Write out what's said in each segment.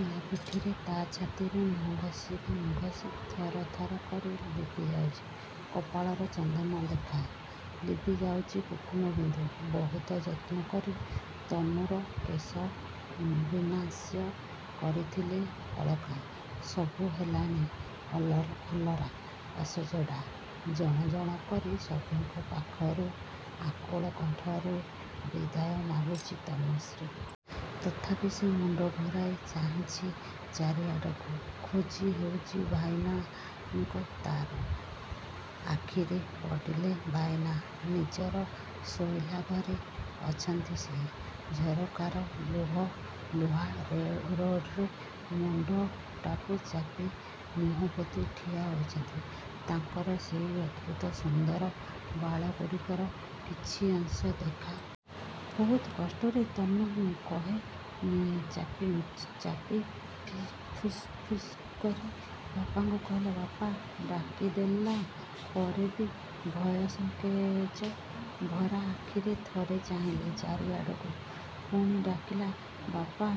ଇଆ ପିଠିରେ, ତା' ଛାତିରେ ମୁହଁ ଘସି ଘସି ଥର ଥର କରି ଲିଭି ଯାଉଛି କପାଳର ଚନ୍ଦନ ଲେଖା। ଲିଭି ଯାଉଛି କୁଙ୍କୁମ ବିନ୍ଦୁ। ବହୁତ ଯତ୍ନ କରି ତନୁର କେଶ ବିନ୍ୟାସ କରିଥିଲେ ଅଳକା। ସବୁ ହେଲାଣି ଅଲରା, ଅସଜଡ଼ା। ଜଣ ଜଣ କରି ସଭିଙ୍କ ପାଖରୁ ଆକୁଳ କଣ୍ଠରେ ବିଦାୟ ମାଗୁଛି ତନୁଶ୍ରୀ। ତଥାପି ସେ ମୁଣ୍ଡ ଘୂରାଇ ଚାହୁଁଛି ଚାରିଆଡ଼କୁ। ଖୋଜି ହେଉଛି ଭାଇନାଙ୍କୁ ତା'ର। ଆଖିରେ ପଡ଼ିଲେ ଭାଇନା। ନିଜର ଶୋଇଲା ଘରେ ଅଛନ୍ତି ସିଏ। ଝରକାର ଲୁହା ରଡ୍‌ରେ ମୁଣ୍ଡଟାକୁ ଚାପି ମୁହଁ ପୋତି ଠିଆ ହୋଇଛନ୍ତି। ତାଙ୍କର ସେଇ ଅଦ୍ଭୁତ ସୁନ୍ଦର ବାଳଗୁଡ଼ିକର କିଛି ଅଂଶ ଦେଖାଯାଉଛି। ବହୁ କଷ୍ଟରେ ତନୁ କୋହ ଚାପି ଫିସ୍ ଫିସ୍ କରି ବାପାଙ୍କୁ କହିଲା, ବାପା! ଡାକିଦେଲା ପରେ ବି ଭୟ ସଂକୋଚ ଭରା ଆଖିରେ ଥରେ ଚାହିଁଲା ଚାରିଆଡ଼କୁ। ପୁଣି ଡାକିଲା ବାପା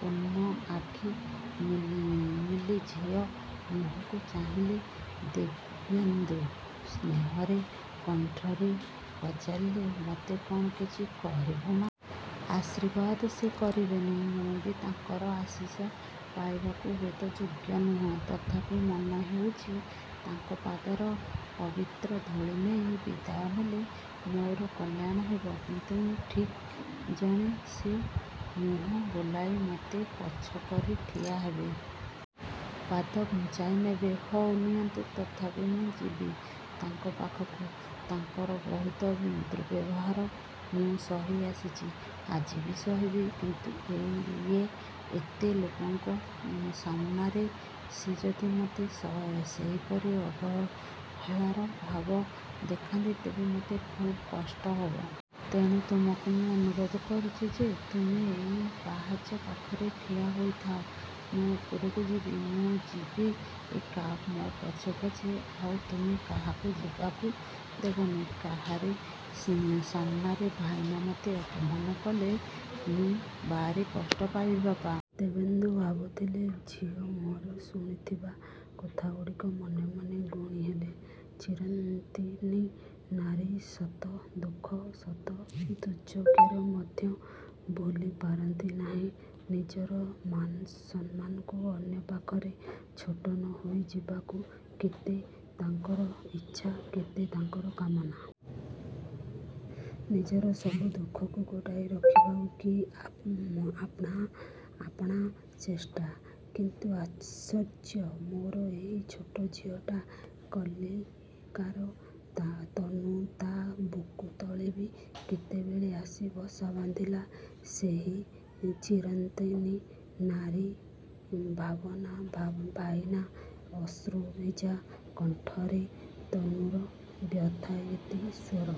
ପୂର୍ଣ୍ଣ ଆଖି ମେଲି ଝିଅ ମୁହଁକୁ ଚାହିଁଲେ ଦିବ୍ୟେନ୍ଦୁ। ସସ୍ନେହ କଣ୍ଠରେ ପଚାରିଲେ ମତେ କ'ଣ କିଛି କହିବୁ ମାଆ? ଆଶୀର୍ବାଦ ସେ କରିବେନି। ମୁଁ ବି ତାଙ୍କର ଆଶୀଷ ପାଇବାକୁ ହୁଏତ ଯୋଗ୍ୟ ନୁହେଁ। ତଥାପି ମନେ ହେଉଛି ତାଙ୍କ ପାଦର ପବିତ୍ର ଧୂଳି ନେଇ ବିଦାୟ ନେଲେ ମୋର କଲ୍ୟାଣ ହେବ। କିନ୍ତୁ ମୁଁ ଠିକ୍ ଜାଣେ ସେ ମୁହଁ ବୁଲାଇ ମତେ ପଛ କରି ଠିଆ ହେବେ। ପାଦ ଘୁଞ୍ଚାଇ ନେବେ। ହଉ ନିଅନ୍ତୁ। ତଥାପି ମୁଁ ଯିବି ତାଙ୍କ ପାଖକୁ। ତାଙ୍କର ବହୁତ ଦୁର୍ବ୍ୟବହାର ମୁଁ ସହି ଆସିଛି। ଆଜି ବି ସହିବି। କିନ୍ତୁ ଏଇ ଏତେ ଲୋକଙ୍କ ସାମନାରେ ସେ ଯଦି ମତେ ସେହିପରି ଅବହେଳାର ଭାବ ଦେଖାନ୍ତି ତେବେ ମତେ ଖୁବ୍ କଷ୍ଟ ହେବ। ତେଣୁ ତୁମକୁ ମୁଁ ଅନୁରୋଧ କରୁଛି ଯେ ତୁମେ ଏଇ ପାହାଚ ପାଖରେ ଠିଆ ହୋଇଥାଅ। ମୁଁ ଉପରକୁ ଯିବି। ମୁଁ ଯିବି ଏକା। ମୋ ପଛେ ପଛେ ଆଉ ତୁମେ କାହାକୁ ଯିବାକୁ ଦେବନି। କାହାରି ସାମନାରେ ଭାଇନା ମୋତେ ଅପମାନ କଲେ ମୁଁ ଭାରି କଷ୍ଟ ପାଇବି, ବାପା। ଦିବ୍ୟେନ୍ଦୁ ଭାବୁଥିଲେ ଝିଅ ମୁହଁରୁ ଶୁଣିଥିବା କଥାଗୁଡ଼ିକ। ମନେ ମନେ ଗୁଣି ହେଲେ, ଚିରନ୍ତନୀ ନାରୀ ଶତ ଦୁଃଖ, ଶତ ଦୁର୍ଯୋଗରେ ମଧ୍ୟ ଭୁଲି ପାରନ୍ତି ନାହିଁ ନିଜର ମାନସମ୍ମାନକୁ। ଅନ୍ୟ ପାଖରେ ଛୋଟ ନ ହୋଇ ଯିବାକୁ କେତେ ତାଙ୍କର ଇଚ୍ଛା, କେତେ ତାଙ୍କର କାମନା। ନିଜର ସବୁ ଦୁଃଖକୁ ଘୋଡ଼ାଇ ରଖିବାର କି ଆପ୍ରାଣ ଚେଷ୍ଟା! କିନ୍ତୁ ଆଶ୍ଚର୍ଯ୍ୟ! ମୋର ଏଇ ଛୋଟ ଝିଅଟା। କାଲିକାର ତନୁ ତା' ବୁକୁ ତଳେ ବି କେତେବେଳେ ଆସି ବସା ବାନ୍ଧିଲା ସେହି ଚିରନ୍ତନୀ ନାରୀ। ଭାଇନା ଭାଇନା। ଅଶ୍ରୁଭିଜା କଣ୍ଠରେ ତନୁର ବ୍ୟଥାୟିତ ସ୍ୱର।